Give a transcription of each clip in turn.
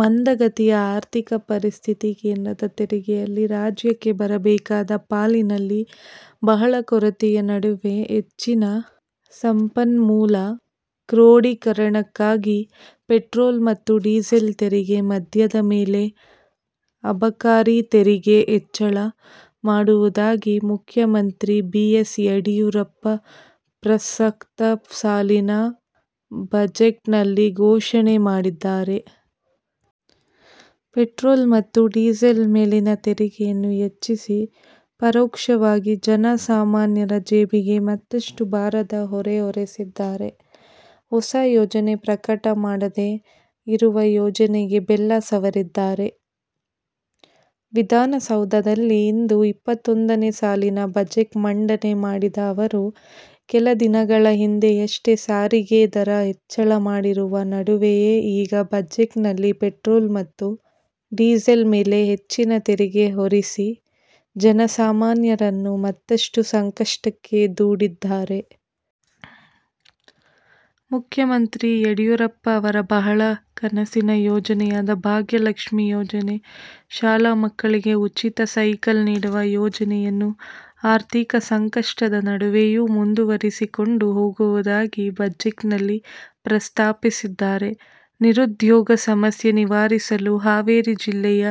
ಮಂದಗತಿಯ ಆರ್ಥಿಕ ಪರಿಸ್ಥಿತಿ, ಕೇಂದ್ರದ ತೆರಿಗೆಯಲ್ಲಿ ರಾಜ್ಯಕ್ಕೆ ಬರಬೇಕಾದ ಪಾಲಿನಲ್ಲಿ ಬಹಳ ಕೊರತೆಯ ನಡುವೆ ಹೆಚ್ಚಿನ ಸಂಪನ್ಮೂಲ ಕ್ರೋಢೀಕರಣಕ್ಕಾಗಿ ಪೆಟ್ರೋಲ್ ಮತ್ತು ಡೀಸೆಲ್ ತೆರಿಗೆ, ಮದ್ಯದ ಮೇಲೆ ಅಬಕಾರಿ ತೆರಿಗೆ ಹೆಚ್ಚಳ ಮಾಡುವುದಾಗಿ ಮುಖ್ಯಮಂತ್ರಿ ಬಿ. ಎಸ್ ಯಡಿಯೂರಪ್ಪ ಪ್ರಸಕ್ತ ಸಾಲಿನ ಬಜೆಟ್ ನಲ್ಲಿ ಘೋಷಣೆ ಮಾಡಿದ್ದಾರೆ. ಪೆಟ್ರೋಲ್ ಮತ್ತು ಡೀಸೆಲ್ ಮೇಲಿನ ತೆರಿಗೆಯನ್ನು ಹೆಚ್ಚಿಸಿ ಪರೋಕ್ಷವಾಗಿ ಜನ ಸಾಮಾನ್ಯರ ಜೇಬಿಗೆ ಮತ್ತಷ್ಟು ಭಾರದ ಹೊರೆ ಹೊರಿಸಿದ್ದಾರೆ. ಹೊಸ ಯೋಜನೆ ಪ್ರಕಟ ಮಾಡದೇ, ಇರುವ ಯೋಜನೆಗೆ ಬೆಲ್ಲ ಸವರಿದ್ದಾರೆ. ವಿಧಾನಸೌಧದಲ್ಲಿ ಇಂದು ಇಪ್ಪತ್ತೊಂದನೇ ಸಾಲಿನ ಬಜೆಟ್ ಮಂಡನೆ ಮಾಡಿದ ಅವರು, ಕೆಲ ದಿನಗಳ ಹಿಂದೆಯಷ್ಟೇ ಸಾರಿಗೆ ದರ ಹೆಚ್ಚಳ ಮಾಡಿರುವ ನಡುವೆಯೇ ಈಗ ಬಜೆಟ್ ನಲ್ಲಿ ಪೆಟ್ರೋಲ್ ಮತ್ತು ಡೀಸೆಲ್ ಮೇಲೆ ಹೆಚ್ಚಿನ ತೆರಿಗೆ ಹೊರಿಸಿ ಜನಸಾಮಾನ್ಯರನ್ನು ಮತ್ತಷ್ಟು ಸಂಕಷ್ಟಕ್ಕೆ ದೂಡಿದ್ದಾರೆ. ಮುಖ್ಯಮಂತ್ರಿ ಯಡಿಯೂರಪ್ಪ ಅವರ ಬಹಳ ಕನಸಿನ ಯೋಜನೆಯಾದ ಭಾಗ್ಯಲಕ್ಷಿ ಯೋಜನೆ, ಶಾಲಾ ಮಕ್ಕಳಿಗೆ ಉಚಿತ ಸೈಕಲ್ ನೀಡುವ ಯೋಜನೆಯನ್ನು ಆರ್ಥಿಕ ಸಂಕಷ್ಟದ ನಡುವೆಯೂ ಮುಂದುವರಿಸಿಕೊಂಡು ಹೋಗುವುದಾಗಿ ಬಜೆಟ್ ನಲ್ಲಿ ಪ್ರಸ್ತಾಪಿಸಿದ್ದಾರೆ. ನಿರುದ್ಯೋಗ ಸಮಸ್ಯೆ ನಿವಾರಿಸಲು ಹಾವೇರಿ ಜಿಲ್ಲೆಯ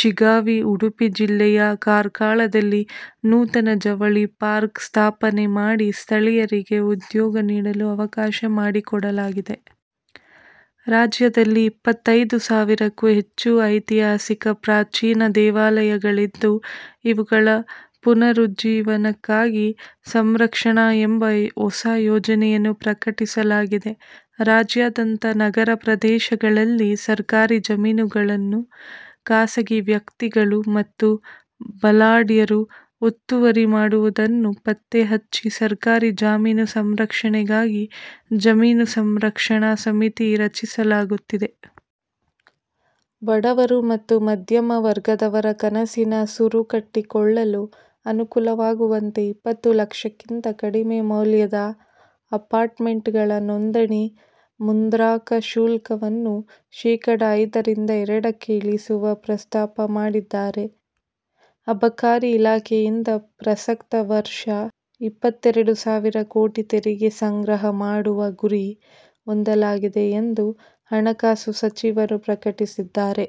ಶಿಗ್ಗಾವಿ, ಉಡುಪಿ ಜಿಲ್ಲೆಯ ಕಾರ್ಕಳದಲ್ಲಿ ನೂತನ ಜವಳಿ ಪಾರ್ಕ್ ಸ್ಥಾಪನೆ ಮಾಡಿ, ಸ್ಥಳೀಯರಿಗೆ ಉದ್ಯೋಗ ನೀಡಲು ಅವಕಾಶ ಮಾಡಿಕೊಡಲಾಗಿದೆ. ರಾಜ್ಯದಲ್ಲಿ ಇಪ್ಪತೈದು ಸಾವಿರಕ್ಕೂ ಹೆಚ್ಚು ಐತಿಹಾಸಿಕ ಪ್ರಾಚೀನ ದೇವಾಲಯಗಳಿದ್ದು, ಇವುಗಳ ಪುನರುಜ್ಜೀವನಕ್ಕಾಗಿ ಸಂರಕ್ಷಣಾ ಎಂಬ ಹೊಸ ಯೋಜನೆಯನ್ನು ಪ್ರಕಟಿಸಲಾಗಿದೆ. ರಾಜ್ಯಾದ್ಯಂತ ನಗರಪ್ರದೇಶಗಳಲ್ಲಿ ಸರ್ಕಾರಿ ಜಮೀನುಗಳನ್ನು ಖಾಸಗೀ ವ್ಯಕ್ತಿಗಳು ಮತ್ತು ಬಲಾಢ್ಯರು ಒತ್ತುವರಿ ಮಾಡುವುದನ್ನು ಪತ್ತೆ ಹಚ್ಚಿ, ಸರ್ಕಾರಿ ಜಮೀನು ಸಂರಕ್ಷಣೆಗಾಗಿ ಜಮೀನು ಸಂರಕ್ಷಣಾ ಸಮಿತಿ ರಚಿಸಲಾಗುತ್ತಿದೆ. ಬಡವರು ಮತ್ತು ಮಧ್ಯಮ ವರ್ಗದವರ ಕನಸಿನ ಸೂರು ಕಟ್ಟಿಕೊಳ್ಳಲು ಅನುಕೂಲವಾಗುವಂತೆ ಇಪ್ಪತ್ತು ಲಕ್ಷಕ್ಕಿಂತ ಕಡಿಮೆ ಮೌಲ್ಯದ ಅಪಾರ್ಟ್ ಮೆಂಟ್ ಗಳ ನೋಂದಣಿ ಮುದ್ರಾಂಕ ಶುಲ್ಕವನ್ನು ಶೇಕಡಾ ಐದರಿಂದ ಎರಡಕ್ಕೆ ಇಳಿಸುವ ಪ್ರಸ್ತಾಪ ಮಾಡಿದ್ದಾರೆ. ಅಬಕಾರಿ ಇಲಾಖೆಯಿಂದ ಪ್ರಸಕ್ತ ವರ್ಷ ಇಪ್ಪತ್ತೆರಡು ಸಾವಿರ ಕೋಟಿ ತೆರಿಗೆ ಸಂಗ್ರಹ ಮಾಡುವ ಗುರಿ ಹೊಂದಲಾಗಿದೆ ಎಂದು ಹಣಕಾಸು ಸಚಿವರು ಪ್ರಕಟಿಸಿದ್ದಾರೆ.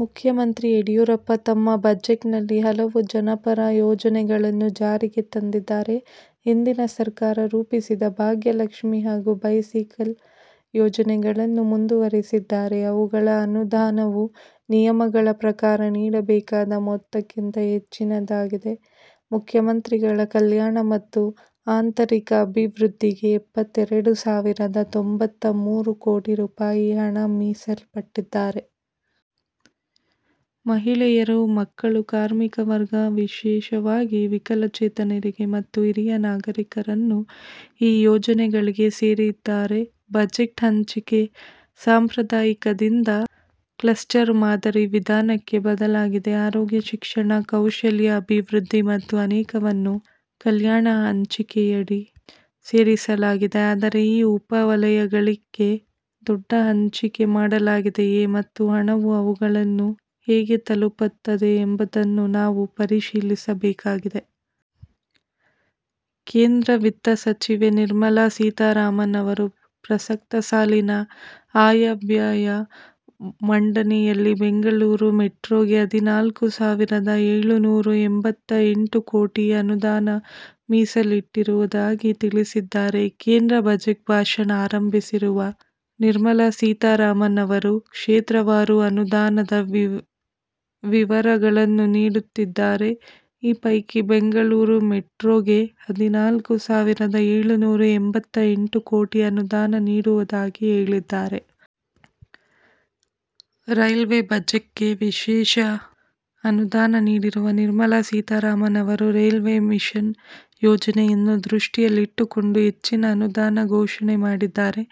ಮುಖ್ಯಮಂತ್ರಿ ಯಡಿಯೂರಪ್ಪ ತಮ್ಮ ಬಜೆಟ್ ನಲ್ಲಿ ಹಲವು ಜನಪರ ಯೋಜನೆಗಳನ್ನು ಜಾರಿಗೆ ತಂದಿದ್ದಾರೆ. ಹಿಂದಿನ ಸರ್ಕಾರ ರೂಪಿಸಿದ್ದ ಭಾಗ್ಯಲಕ್ಷ್ಮಿ ಹಗೂ ಬೈಸಿಕಲ್ ಯೋಜನೆಗಳನ್ನು ಮುಂದುವರಿಸಿದ್ದಾರೆ. ಅವುಗಳ ಅನುದಾನವು ನಿಯಮಗಳ ಪ್ರಕಾರ ನೀಡಬೇಕಾದ ಮೊತ್ತಕ್ಕಿಂತ ಹೆಚ್ಚಿನದಾಗಿದೆ. ಮುಖ್ಯಮಂತ್ರಿಗಳ, ಕಲ್ಯಾಣ ಮತ್ತು ಆಂತರಿಕ ಅಭಿೃದ್ಧಿಗೆ ಎಪ್ಪತ್ತೆರಡು ಸಾವಿರದ ತೊಂಬತ್ತ ಮೂರು ಕೋಟಿ ರುಪಾಯಿ ಹಣ ಮೀಸಲಿಟ್ಟಿದ್ದಾರೆ. ಮಹಿಳೆಯರು, ಮಕ್ಕಳು, ಕಾರ್ಮಿಕ ವರ್ಗ, ವಿಶೇಷವಾಗಿ ವಿಕಲಚೇತನರಿಗೆ ಮತ್ತು ಹಿರಿಯ ನಾಗರಿಕರನ್ನು ಈ ಯೋಜನೆಗಳಿಗೆ ಸೇರಿದ್ದಾರೆ. ಬಜೆಟ್ ಹಂಚಿಕೆ ಸಾಂಪ್ರದಾಯಿಕದಿಂದ ಕ್ಲಸ್ಟರ್ ಮಾದರಿ ವಿಧಾನಕ್ಕೆ ಬದಲಾಗಿದೆ. ಆರೋಗ್ಯ, ಶಿಕ್ಷಣ, ಕೌಶಲ್ಯ ಅಭಿವೃದ್ಧಿ ಮತ್ತು ಅನೇಕವನ್ನು ಕಲ್ಯಾಣ ಹಂಚಿಕೆಯಡಿ ಸೇರಿಸಲಾಗಿದೆ. ಆದರೆ ಈ ಉಪ ವಲಯಗಳಿಗೆ ದೊಡ್ಡ ಹಂಚಿಕೆ ಮಾಡಲಾಗಿದೆಯೇ ಮತ್ತು ಹಣವು ಅವುಗಳನ್ನು ಹೇಗೆ ತಲುಪುತ್ತದೆ ಎಂಬುದನ್ನು ನಾವು ಪರಿಶೀಲಿಸಬೇಕಾಗಿದೆ. ಕೇಂದ್ರ ವಿತ್ತ ಸಚಿವೆ ನಿರ್ಮಲಾ ಸೀತಾರಾಮನ್ ಅವರು ಪ್ರಸಕ್ತ ಸಾಲಿನ ಆಯವ್ಯಯ ಮಂಡನೆಯಲ್ಲಿ ಬೆಂಗಳೂರು ಮೆಟ್ರೋಗೆ ಹದಿನಾಲ್ಕು ಸಾವಿರದ ಏಳುನೂರಾ ಎಂಬತ್ತ ಎಂಟು ಕೋಟಿ ಅನುದಾನ ಮೀಸಲಿಟ್ಟಿರುವುದಾಗಿ ತಿಳಿಸಿದ್ದಾರೆ. ಕೇಂದ್ರ ಬಜೆಟ್ ಭಾಷಣ ಆರಂಭಿಸಿರುವ ನಿರ್ಮಲಾ ಸೀತಾರಾಮನ್ ಅವರು ಕ್ಷೇತ್ರವಾರು ಅನುದಾನದ ವಿವರಗಳನ್ನು ನೀಡುತ್ತಿದ್ದಾರೆ. ಈ ಪೈಕಿ ಬೆಂಗಳೂರು ಮೆಟ್ರೋಗೆ ಹದಿನಾಲ್ಕು ಸಾವಿರದ ಏಳುನೂರಾ ಎಂಬತ್ತ ಎಂಟು ಕೋಟಿ ಅನುದಾನ ನೀಡುವುದಾಗಿ ಹೇಳಿದ್ದಾರೆ. ರೈಲ್ವೇ ಬಜೆಟ್'ಗೆ ವಿಶೇಷ ಅನುದಾನ ನೀಡಿರುವ ನಿರ್ಮಲಾ ಸೀತಾರಾಮನ್ ಅವರು ರೈಲ್ವೇ ಮಿಷನ್ ಯೋಜನೆಯನ್ನು ದೃಷ್ಟಿಯಲ್ಲಿಟ್ಟುಕೊಂಡು ಹೆಚ್ಚಿನ ಅನುದಾನ ಘೋಷಣೆ ಮಾಡಿದ್ದಾರೆ.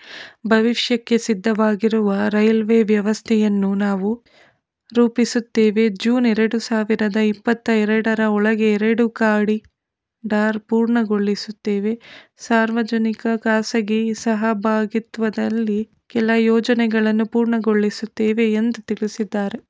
ಭವಿಷ್ಯಕ್ಕೆ ಸಿದ್ಧವಾಗಿರುವ ರೈಲ್ವೆ ವ್ಯವಸ್ಥೆಯನ್ನು ನಾವು ರೂಪಿಸುತ್ತೇವೆ, ಜೂನ್ ಎರಡು ಸಾವಿರದ ಇಪ್ಪತ್ತ ಎರಡರ ಒಳಗೆ ಎರಡು ಕಾರಿಡಾರ್ ಪೂರ್ಣಗೊಳಿಸುತ್ತೇವೆ, ಸಾರ್ವಜನಿಕ ಖಾಸಗಿ ಸಹಭಾಗಿತ್ವದಲ್ಲಿ ಕೆಲ ಯೋಜನೆಗಳನ್ನು ಪೂರ್ಣಗೊಳಿಸುತ್ತೇವೆ ಎಂದು ತಿಳಿಸಿದ್ದಾರೆ.